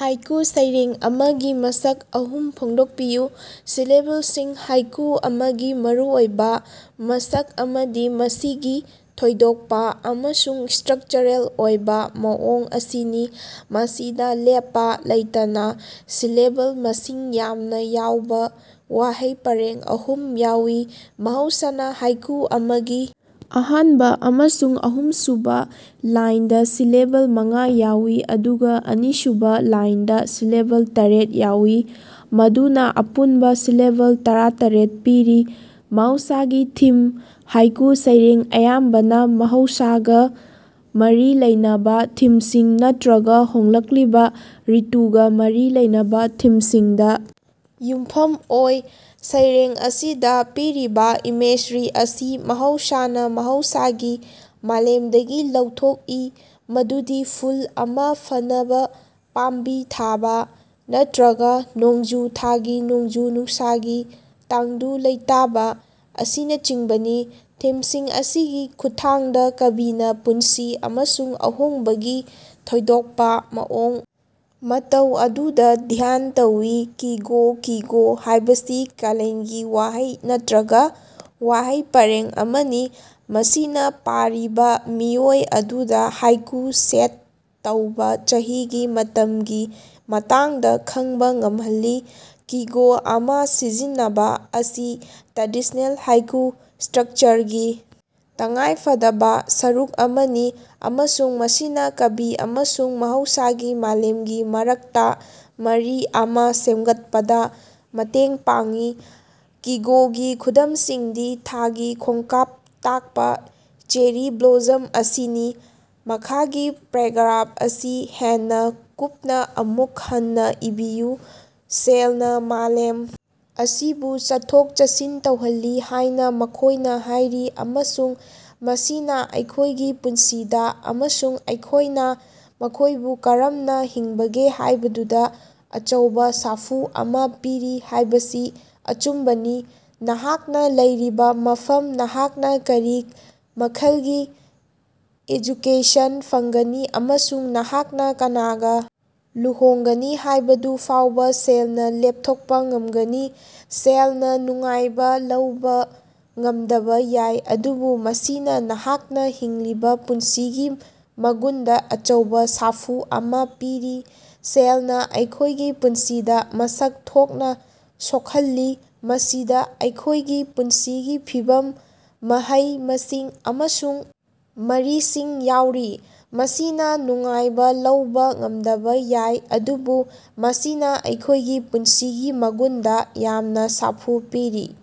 Haiku ꯁꯩꯔꯦꯡ ꯑꯃꯒꯤ ꯃꯁꯛ ꯑꯍꯨꯝ ꯐꯣꯡꯗꯣꯛꯄꯤꯌꯨ꯫ ꯁꯤꯂꯦꯕꯜꯁꯤꯡ: ꯍꯥꯏꯀꯨ ꯑꯃꯒꯤ ꯃꯔꯨꯑꯣꯏꯕꯥ ꯃꯁꯛ ꯑꯃꯗꯤ ꯃꯁꯤꯒꯤ ꯊꯣꯏꯗꯣꯛꯄꯥ ꯑꯃꯁꯨꯡ ꯏꯁꯇ꯭ꯔꯛꯆꯔꯦꯜ ꯑꯣꯏꯕꯥ ꯃꯑꯣꯡ ꯑꯁꯤꯅꯤ, ꯃꯁꯤꯗꯥ ꯂꯦꯞꯄꯥ ꯂꯩꯇꯅꯥ ꯁꯤꯂꯦꯕꯜ ꯃꯁꯤꯡ ꯌꯥꯝꯅꯥ ꯌꯥꯎꯕ ꯋꯥꯍꯩ ꯄꯔꯦꯡ ꯑꯍꯨꯝ ꯌꯥꯎꯏ꯫ ꯃꯍꯧꯁꯥꯅꯥ ꯍꯥꯏꯀꯨ ꯑꯃꯒꯤ ꯑꯍꯥꯟꯕ ꯑꯃꯁꯨꯡ ꯑꯍꯨꯝꯁꯨꯕ ꯂꯥꯏꯟꯗꯥ ꯁꯤꯂꯦꯕꯜ ꯃꯉꯥ ꯌꯥꯎꯏ ꯑꯗꯨꯒꯥ ꯑꯅꯤꯁꯨꯕꯥ ꯂꯥꯏꯟꯗꯥ ꯁꯤꯂꯦꯕꯜ ꯇꯥꯔꯦꯠ ꯌꯥꯎꯏ꯫ ꯃꯗꯨꯅꯥ ꯑꯄꯨꯟꯕꯥ ꯁꯤꯂꯦꯕꯜ ꯇꯔꯥꯇꯔꯦꯠ ꯄꯤꯔꯤ꯫ ꯃꯍꯧꯁꯥꯒꯤ ꯊꯤꯝ: ꯍꯥꯏꯀꯨ ꯁꯩꯔꯦꯡ ꯑꯌꯥꯝꯕꯅꯥ ꯃꯍꯧꯁꯥꯒꯥ ꯃꯔꯤ ꯂꯩꯅꯕꯥ ꯊꯤꯝꯁꯤꯡ ꯅꯠꯇ꯭ꯔꯒꯥ ꯍꯣꯡꯂꯛꯂꯤꯕꯥ ꯔꯤꯇꯨꯒꯥ ꯃꯔꯤ ꯂꯩꯅꯕꯥ ꯊꯤꯝꯁꯤꯡꯗꯥ ꯌꯨꯝꯐꯝ ꯑꯣꯏ꯫ ꯁꯩꯔꯦꯡ ꯑꯁꯤꯗꯥ ꯄꯤꯔꯤꯕꯥ ꯏꯃꯦꯖꯔꯤ ꯑꯁꯤ ꯃꯍꯧꯁꯥꯅꯥ ꯃꯍꯧꯁꯥꯒꯤ ꯃꯥꯂꯦꯝꯗꯒꯤ ꯂꯧꯊꯣꯛꯏ, ꯃꯗꯨꯗꯤ ꯐꯨꯜ ꯑꯃꯥ ꯐꯥꯅꯕ, ꯄꯥꯝꯕꯤ ꯊꯥꯕ, ꯅꯠꯇ꯭ꯔꯒꯥ ꯅꯣꯡꯖꯨ ꯊꯥꯒꯤ ꯅꯣꯡꯖꯨ-ꯅꯨꯡꯁꯥꯒꯤ ꯇꯪꯗꯨ ꯂꯩꯇꯥꯕꯥ ꯑꯁꯤꯅꯆꯤꯡꯕꯅꯤ꯫ ꯊꯤꯝꯁꯤꯡ ꯑꯁꯤꯒꯤ ꯈꯨꯠꯊꯥꯡꯗꯥ ꯀꯕꯤꯅꯥ ꯄꯨꯟꯁꯤ ꯑꯃꯁꯨꯡ ꯑꯍꯣꯡꯕꯒꯤ ꯊꯣꯏꯗꯣꯛꯄꯥ ꯃꯑꯣꯡ ꯃꯇꯧ ꯑꯗꯨꯗꯥ ꯙ꯭ꯌꯥꯟ ꯇꯧꯏ꯫ ꯀꯤꯒꯣ: ꯀꯤꯒꯣ ꯍꯥꯏꯕꯁꯤ ꯀꯥꯂꯦꯟꯒꯤ ꯋꯥꯍꯩ ꯅꯠꯇ꯭ꯔꯒꯥ ꯋꯥꯍꯩ ꯄꯔꯦꯡ ꯑꯃꯅꯤ, ꯃꯁꯤꯅꯥ ꯄꯥꯔꯤꯕꯥ ꯃꯤꯑꯣꯏ ꯑꯗꯨꯗꯥ ꯍꯥꯏꯀꯨ ꯁꯦꯠ ꯇꯧꯕꯥ ꯆꯍꯤꯒꯤ ꯃꯇꯝꯒꯤ ꯃꯇꯥꯡꯗꯥ ꯈ ꯪꯕꯥ ꯉꯝꯍꯜꯂꯤ꯫ ꯀꯤꯒꯣ ꯑꯃꯥ ꯁꯤꯖꯤꯟꯅꯕꯥ ꯑꯁꯤ ꯇ꯭ꯔꯦꯗꯤꯁꯅꯦꯜ ꯍꯥꯏꯀꯨ ꯏꯁꯇ꯭ꯔꯛꯆꯔꯒꯤ ꯇꯉꯥꯏꯐꯗꯕꯥ ꯁꯔꯨꯛ ꯑꯃꯅꯤ ꯑꯃꯁꯨꯡ ꯃꯁꯤꯅꯥ ꯀꯕꯤ ꯑꯃꯁꯨꯡ ꯃꯍꯧꯁꯥꯒꯤ ꯃꯥꯂꯦꯝꯒꯤ ꯃꯔꯛꯇꯥ ꯃꯔꯤ ꯑꯃꯥ ꯁꯦꯝꯒꯠꯄꯗꯥ ꯃꯇꯦꯡ ꯄꯥꯡꯏ꯫ ꯀꯤꯒꯣꯒꯤ ꯈꯨꯗꯝꯁꯤꯡꯗꯤ ꯊꯥꯒꯤ ꯈꯣꯡꯀꯥꯞ ꯇꯥꯛꯄꯥ "ꯆꯦꯔꯤ ꯕ꯭ꯂꯣꯁꯝ" ꯑꯁꯤꯅꯤ꯫ ꯃꯈꯥꯒꯤ ꯄꯦꯔꯥꯒ꯭ꯔꯥꯞ ꯑꯁꯤ ꯍꯦꯟꯅꯥ ꯀꯨꯞꯅꯥ ꯑꯃꯨꯛ ꯍꯟꯅꯥ ꯏꯕꯤꯌꯨ꯫ ꯁꯦꯜꯅꯥ ꯃꯥꯂꯦꯝ ꯑꯁꯤꯕꯨ ꯆꯠꯊꯣꯛ-ꯆꯠꯁꯤꯟ ꯇꯧꯍꯜꯂꯤ ꯍꯥꯏꯅꯥ ꯃꯈꯣꯏꯅꯥ ꯍꯥꯏꯔꯤ ꯑꯃꯁꯨꯡ ꯃꯁꯤꯅꯥ ꯑꯩꯈꯣꯏꯒꯤ ꯄꯨꯟꯁꯤꯗꯥ ꯑꯃꯁꯨꯡ ꯑꯩꯈꯣꯏꯅꯥ ꯃꯈꯣꯏꯕꯨ ꯀꯔꯝꯅꯥ ꯍꯤꯡꯕꯒꯦ ꯍꯥꯏꯕꯗꯨꯗꯥ ꯑꯆꯧꯕꯥ ꯁꯥꯐꯨ ꯑꯃꯥ ꯄꯤꯔꯤ ꯍꯥꯏꯕꯁꯤ ꯑꯆꯨꯝꯕꯅꯤ꯫ ꯅꯍꯥꯛꯅꯥ ꯂꯩꯔꯤꯕꯥ ꯃꯐꯝ, ꯅꯍꯥꯛꯅꯥ ꯀꯔꯤ ꯃꯈꯜꯒꯤ ꯑꯦꯖꯨꯀꯦꯁꯟ ꯐꯪꯒꯅꯤ ꯑꯃꯁꯨꯡ ꯅꯍꯥꯛꯅꯥ ꯀꯅꯥꯒꯥ ꯂꯨꯍꯣꯡꯒꯅꯤ ꯍꯥꯏꯕꯗꯨ ꯐꯥꯎꯕꯥ ꯁꯦꯜꯅꯥ ꯂꯦꯞꯊꯣꯛꯄꯥ ꯉꯝꯒꯅꯤ꯫ ꯁꯦꯜꯅꯥ ꯅꯨꯡꯉꯥꯏꯕꯥ ꯂꯧꯕꯥ ꯉꯝꯗꯕ ꯌꯥꯏ, ꯑꯗꯨꯕꯨ ꯃꯁꯤꯅꯥ ꯅꯍꯥꯛꯅꯥ ꯍꯤꯡꯂꯤꯕꯥ ꯄꯨꯟꯁꯤꯒꯤ ꯃꯒꯨꯟꯗꯥ ꯑꯆꯧꯕꯥ ꯁꯥꯐꯨ ꯑꯃꯥ ꯄꯤꯔꯤ꯫ ꯁꯦꯜꯅꯥ ꯑꯩꯈꯣꯏꯒꯤ ꯄꯨꯟꯁꯤꯗꯥ ꯃꯁꯛ ꯊꯣꯛꯅꯥ ꯁꯣꯛꯍꯜꯂꯤ, ꯃꯁꯤꯗꯥ ꯑꯩꯈꯣꯏꯒꯤ ꯄꯨꯟꯁꯤꯒꯤ ꯐꯤꯚꯝ, ꯃꯍꯩ-ꯃꯁꯤꯡ ꯑꯃꯁꯨꯡ ꯃꯔꯤꯁꯤꯡ ꯌꯥꯎꯔꯤ꯫ ꯃꯁꯤꯅꯥ ꯅꯨꯡꯉꯥꯏꯕꯥ ꯂꯧꯕꯥ ꯉꯝꯗꯕꯥ ꯌꯥꯏ ꯑꯗꯨꯕꯨ ꯃꯁꯤꯅꯥ ꯑꯩꯈꯣꯏꯒꯤ ꯄꯨꯟꯁꯤꯒꯤ ꯃꯒꯨꯟꯗꯥ ꯌꯥꯝꯅꯥ ꯁꯥꯐꯨ ꯄꯤꯔꯤ꯫